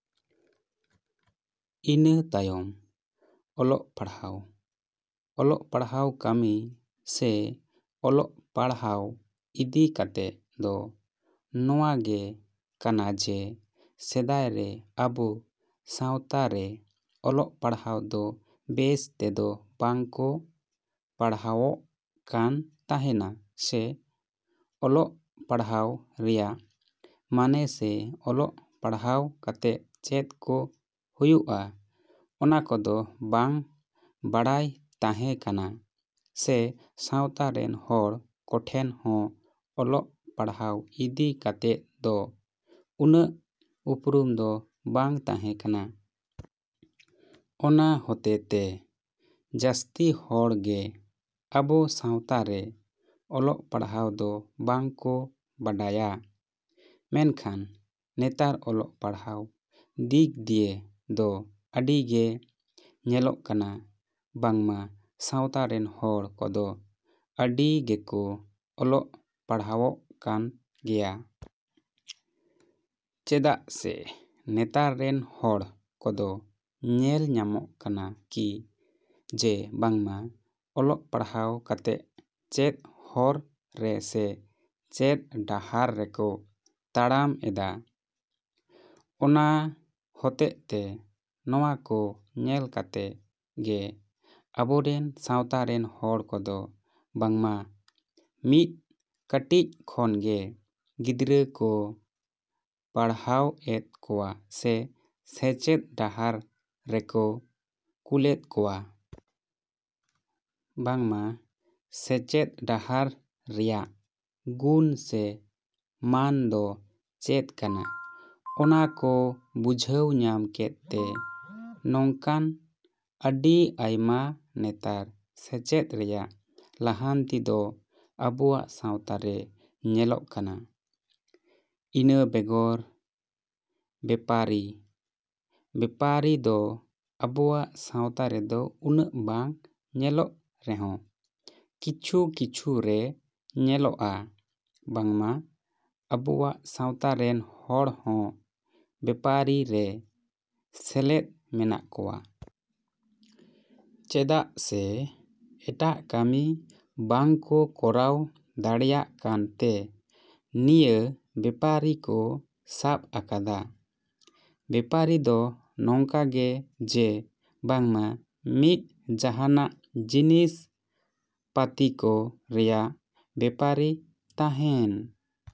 ᱤᱱᱟᱹ ᱛᱟᱭᱚᱢ ᱚᱞᱚᱜ ᱯᱟᱲᱦᱟᱣ᱾ ᱚᱞᱚᱜ ᱯᱟᱲᱦᱟᱣ ᱠᱟᱹᱢᱤ ᱥᱮ ᱚᱞᱚᱜ ᱯᱟᱲᱦᱟᱣ ᱤᱫᱤ ᱠᱟᱛᱮᱫ ᱫᱚ ᱱᱚᱶᱟ ᱜᱮ ᱠᱟᱱᱟ ᱡᱮ ᱥᱮᱫᱟᱭ ᱨᱮ ᱟᱵᱚ ᱥᱟᱶᱛᱟ ᱨᱮ ᱚᱞᱚᱜ ᱯᱟᱲᱦᱟᱣ ᱫᱚ ᱵᱮᱥ ᱛᱮᱫᱚ ᱵᱟᱝ ᱠᱚ ᱯᱟᱲᱦᱟᱣᱚᱜ ᱠᱟᱱ ᱛᱟᱦᱮᱱᱟ ᱥᱮ ᱚᱞᱚᱜ ᱯᱟᱲᱦᱟᱣ ᱨᱮᱭᱟᱜ ᱢᱟᱱᱮ ᱥᱮ ᱚᱞᱚᱜ ᱯᱟᱲᱦᱟᱣ ᱠᱟᱛᱮᱫ ᱪᱮᱫ ᱠᱚ ᱦᱩᱭᱩᱜᱼᱟ ᱚᱱᱟ ᱠᱚᱫᱚ ᱵᱟᱝ ᱵᱟᱲᱟᱭ ᱛᱟᱦᱮᱸ ᱠᱟᱱᱟ ᱥᱮ ᱥᱟᱶᱛᱟ ᱨᱮᱱ ᱦᱚᱲ ᱠᱚᱴᱷᱮᱱ ᱦᱚᱸ ᱚᱞᱚᱜ ᱯᱟᱲᱦᱟᱣ ᱤᱫᱤ ᱠᱟᱛᱮᱫ ᱫᱚ ᱩᱱᱟᱹᱜ ᱩᱯᱨᱩᱢ ᱫᱚ ᱵᱟᱝ ᱛᱟᱦᱮᱸ ᱠᱟᱱᱟ᱾ ᱚᱱᱟ ᱦᱚᱛᱮᱛᱮ ᱡᱟᱹᱥᱛᱤ ᱦᱚᱲ ᱜᱮ ᱟᱵᱚ ᱥᱟᱶᱛᱟ ᱨᱮ ᱚᱞᱚᱜ ᱯᱟᱲᱦᱟᱣ ᱫᱚ ᱵᱟᱝ ᱠᱚ ᱵᱟᱰᱟᱭᱟ᱾ ᱢᱮᱱᱠᱷᱟᱱ ᱱᱮᱛᱟᱨ ᱚᱞᱚᱜ ᱯᱟᱲᱦᱟᱣ ᱫᱤᱠ ᱫᱤᱭᱮ ᱫᱚ ᱟᱹᱰᱤ ᱜᱮ ᱧᱮᱞᱚᱜ ᱠᱟᱱᱟ ᱵᱟᱝᱢᱟ ᱥᱟᱶᱛᱟ ᱨᱮᱱ ᱦᱚᱲ ᱠᱚᱫᱚ ᱟᱹᱰᱤ ᱜᱮᱠᱚ ᱚᱞᱚᱜ ᱯᱟᱲᱦᱟᱣᱚᱜ ᱠᱟᱱ ᱜᱮᱭᱟ᱾ ᱪᱮᱫᱟᱜ ᱥᱮ ᱱᱮᱛᱟᱨ ᱨᱮᱱ ᱦᱚᱲ ᱠᱚᱫᱚ ᱧᱮᱞ ᱧᱟᱢᱚᱜ ᱠᱟᱱᱟ ᱠᱤ ᱡᱮ ᱵᱟᱝᱢᱟ ᱚᱞᱚᱜ ᱯᱟᱲᱦᱟᱣ ᱠᱟᱛᱮᱜ ᱪᱮᱫ ᱦᱚᱨ ᱨᱮ ᱥᱮ ᱪᱮᱫ ᱰᱟᱦᱟᱨ ᱨᱮᱠᱚ ᱛᱟᱲᱟᱢ ᱮᱫᱟ᱾ ᱚᱱᱟ ᱦᱚᱛᱮᱜ ᱛᱮ ᱱᱚᱶᱟ ᱠᱚ ᱧᱮᱞ ᱠᱟᱛᱮ ᱜᱮ ᱟᱵᱚᱨᱮᱱ ᱥᱟᱶᱛᱟ ᱨᱮᱱ ᱦᱚᱲ ᱠᱚᱫᱚ ᱵᱟᱝᱢᱟ ᱢᱤᱫ ᱠᱟᱹᱴᱤᱡ ᱠᱷᱚᱱ ᱜᱮ ᱜᱤᱫᱽᱨᱟᱹ ᱠᱚ ᱯᱟᱲᱦᱟᱣ ᱮᱫ ᱠᱚᱣᱟ ᱥᱮ ᱥᱮᱪᱮᱫ ᱰᱟᱦᱟᱨ ᱨᱮᱠᱚ ᱠᱩᱞᱮᱫ ᱠᱚᱣᱟ᱾ ᱵᱟᱝᱢᱟ ᱥᱮᱪᱮᱫ ᱰᱟᱦᱟᱨ ᱨᱮᱭᱟᱜ ᱜᱩᱱ ᱥᱮ ᱢᱟᱱ ᱫᱚ ᱪᱮᱫ ᱠᱟᱱᱟ ᱚᱱᱟ ᱠᱚ ᱵᱩᱡᱷᱟᱹᱣ ᱧᱟᱢ ᱠᱮᱫ ᱛᱮ ᱱᱚᱝᱠᱟᱱ ᱟᱹᱰᱤ ᱟᱭᱢᱟ ᱱᱮᱛᱟᱨ ᱥᱮᱪᱮᱫ ᱨᱮᱭᱟᱜ ᱞᱟᱦᱟᱱᱛᱤ ᱫᱚ ᱟᱵᱚᱣᱟᱜ ᱥᱟᱶᱛᱟ ᱨᱮ ᱧᱮᱞᱚᱜ ᱠᱟᱱᱟ᱾ ᱤᱱᱟᱹ ᱵᱮᱜᱚᱨ ᱵᱮᱯᱟᱨᱤ᱾ ᱵᱮᱯᱟᱨᱤ ᱫᱚ ᱟᱵᱚᱣᱟᱜ ᱥᱟᱶᱛᱟ ᱨᱮᱫᱚ ᱩᱱᱟᱹᱜ ᱵᱟᱝ ᱧᱮᱞᱚᱜ ᱨᱮᱦᱚᱸ ᱠᱤᱪᱷᱩ ᱠᱤᱪᱷᱩ ᱨᱮ ᱧᱮᱞᱚᱜᱼᱟ ᱵᱟᱝᱢᱟ ᱟᱵᱚᱣᱟᱜ ᱥᱟᱶᱛᱟ ᱨᱮᱱ ᱦᱚᱲ ᱦᱚᱸ ᱵᱮᱯᱟᱨᱤ ᱨᱮ ᱥᱮᱞᱮᱫ ᱢᱮᱱᱟᱜ ᱠᱚᱣᱟ᱾ ᱪᱮᱫᱟᱜ ᱥᱮ ᱮᱴᱟᱜ ᱠᱟᱹᱢᱤ ᱵᱟᱝ ᱠᱚ ᱠᱚᱨᱟᱣ ᱫᱟᱲᱮᱭᱟᱜ ᱠᱟᱱ ᱛᱮ ᱱᱤᱭᱟᱹ ᱵᱮᱯᱟᱨᱤ ᱠᱚ ᱥᱟᱵ ᱟᱠᱟᱫᱟ᱾ ᱵᱮᱯᱟᱨᱤ ᱫᱚ ᱱᱚᱝᱠᱟ ᱜᱮ ᱡᱮ ᱵᱟᱝᱢᱟ ᱢᱤᱫ ᱡᱟᱦᱟᱸᱱᱟᱜ ᱡᱤᱱᱤᱥ ᱯᱟᱛᱤ ᱠᱚ ᱨᱮᱭᱟᱜ ᱵᱮᱯᱟᱨᱤ ᱛᱟᱦᱮᱸᱱ